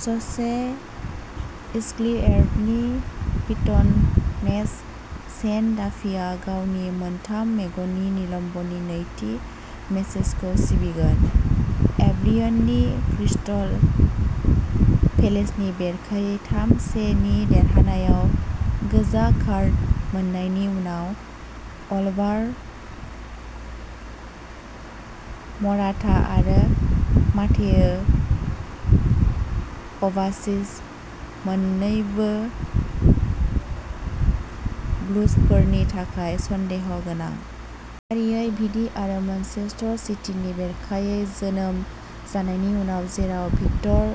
ज'से इजक्विएर्ड'नि fitness Shane डाफीआ गावनि मोनथाम गेमनि निलम्बननि नैथि मेचखौ सिबिगोन। एल्बियननि क्रिस्टल पेलेसनि बेरेखायै थाम से नि देरहानायाव गोजा कार्ड मोननायनि उनाव अलवार मराटा आरो मातेओ क'भाचिच मोन्नैबो ब्लुजफोरनि थाखाय सन्देह गोनां। फारियै भिडी आरो मैनचेस्टर सिटीनि बेरेखायै जोखोम जानायनि उनाव जेराव भिक्टर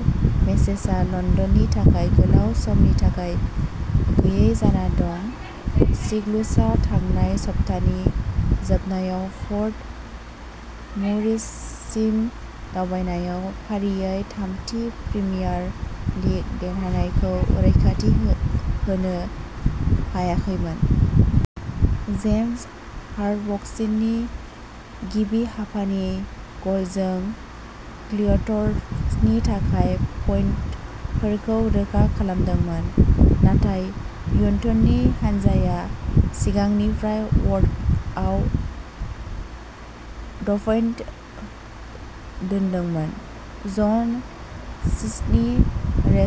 मोजेसआ लन्दननि थाखाय गोलाव समनि थाखाय गैयै जाना दं। सिगुल्सआ थांनाय सप्तानि जोबनायाव टर्फ मुरसिम दावबायनायाव फारियै थामथि प्रिमियार लीग देरहानायखौ रैखाथि होनो हायाखैमोन। जेम्स टार्कवस्कीनि गिबि हाफनि गलजों क्लेयरट्सनि थाखाय पइन्टफोरखौ रोखा खालामदोंमोन। नाथाय ह्यूटननि हानजाया सिगांनिफ्राय ब'र्डआव द'पइन्ट दोनदोंमोन। जन स्मिथनि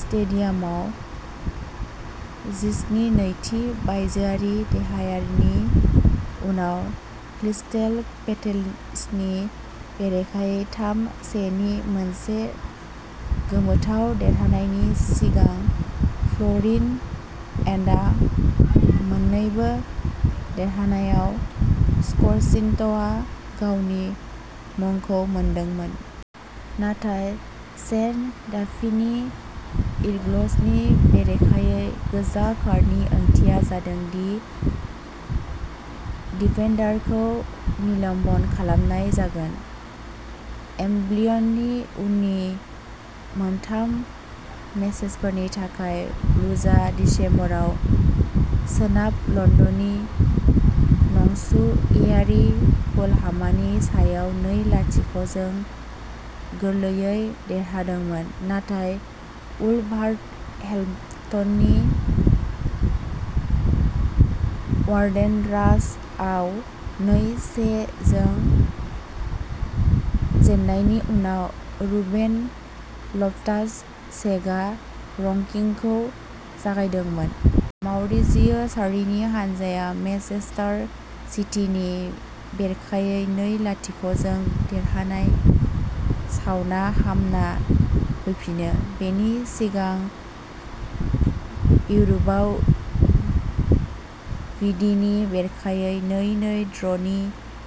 स्टेडियामाव सिजननि नैथि बायजोआरि देरहानायनि उनाव क्रिस्टेल पेलेसनि बेरेखायै थाम से नि मोनसे गोमोथाव देरहानायनि सिगां फ्ल'रिन एन्ड'नआ मोन्नैबो देरहानायाव स्करशीटआव गावनि मुंखौ मोनदोंमोन। नाथाय शेन डाफीनि ईगल्सनि बेरेखायै गोजा कार्डनि ओंथिया जादों दि डिफेन्डारखौ निलम्ब'न खालामनाय जागोन। एल्बियननि उननि मोनथाम मेचफोरनि थाखाय ब्लुजआ दिसेम्बराव सोनाब लन्दननि नसुंसेयारि फुलहामनि सायाव नै लाथिख जों गोरलैयै देरहादोंमोन। नाथाय उलभारहेम्पटन वान्डेरार्सआव नै से जों जेननायनि उनाव रुबेन लफ्टास-चेकआ स्करिंखौ जागायदोंमोन। माउरिजियो सार्रीनि हानजाया मेनचेस्टार सिटीनि बेरेखायै नै लाथिख जों देरहाना साबना हामना फैफिनो। बेनि सिगां इउर'पआव विडीनि बेरेखायै नै नै ड्र'नि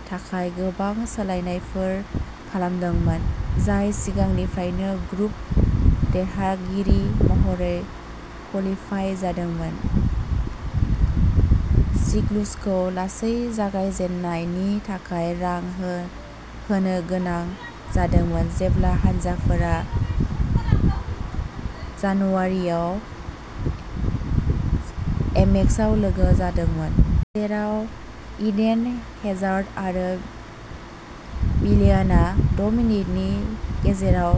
थाखाय गोबां सोलायनायफोर खालामदोंमोन। जाय सिगांनिफ्रायनो ग्रुप देरहागिरि महरै कलिफाय जादोंमोन। सिगुल्सखौ लासै जागायजेन्नायनि थाखाय रां होनो गोनां जादोंमोन जेब्ला हानजाफोरा जानुवारिआव एमेक्सआव लोगो जादोंमोन। जेराव इडेन हेजार्ड आरो विलियानआ द'मिनिटनि गेजेराव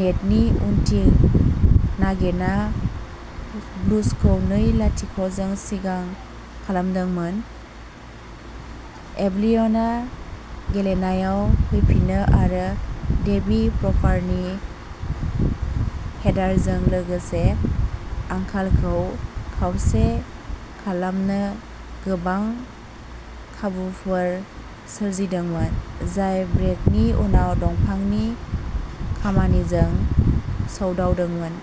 नेटनि उनथिं नागिरना ब्लुजखौ नै लाथिख जों सिगां खालामदोंमोन। एल्बियनआ गेलेनायाव फैफिनो आरो डेवी प्रपारनि हेडारजों लोगोसे आंखालखौ खावसे खालामनो गोबां खाबुफोर सोरजिदोंमोन। जाय ब्रेकनि उनाव दंफांनि खामानिजों सौदावदोंमोन।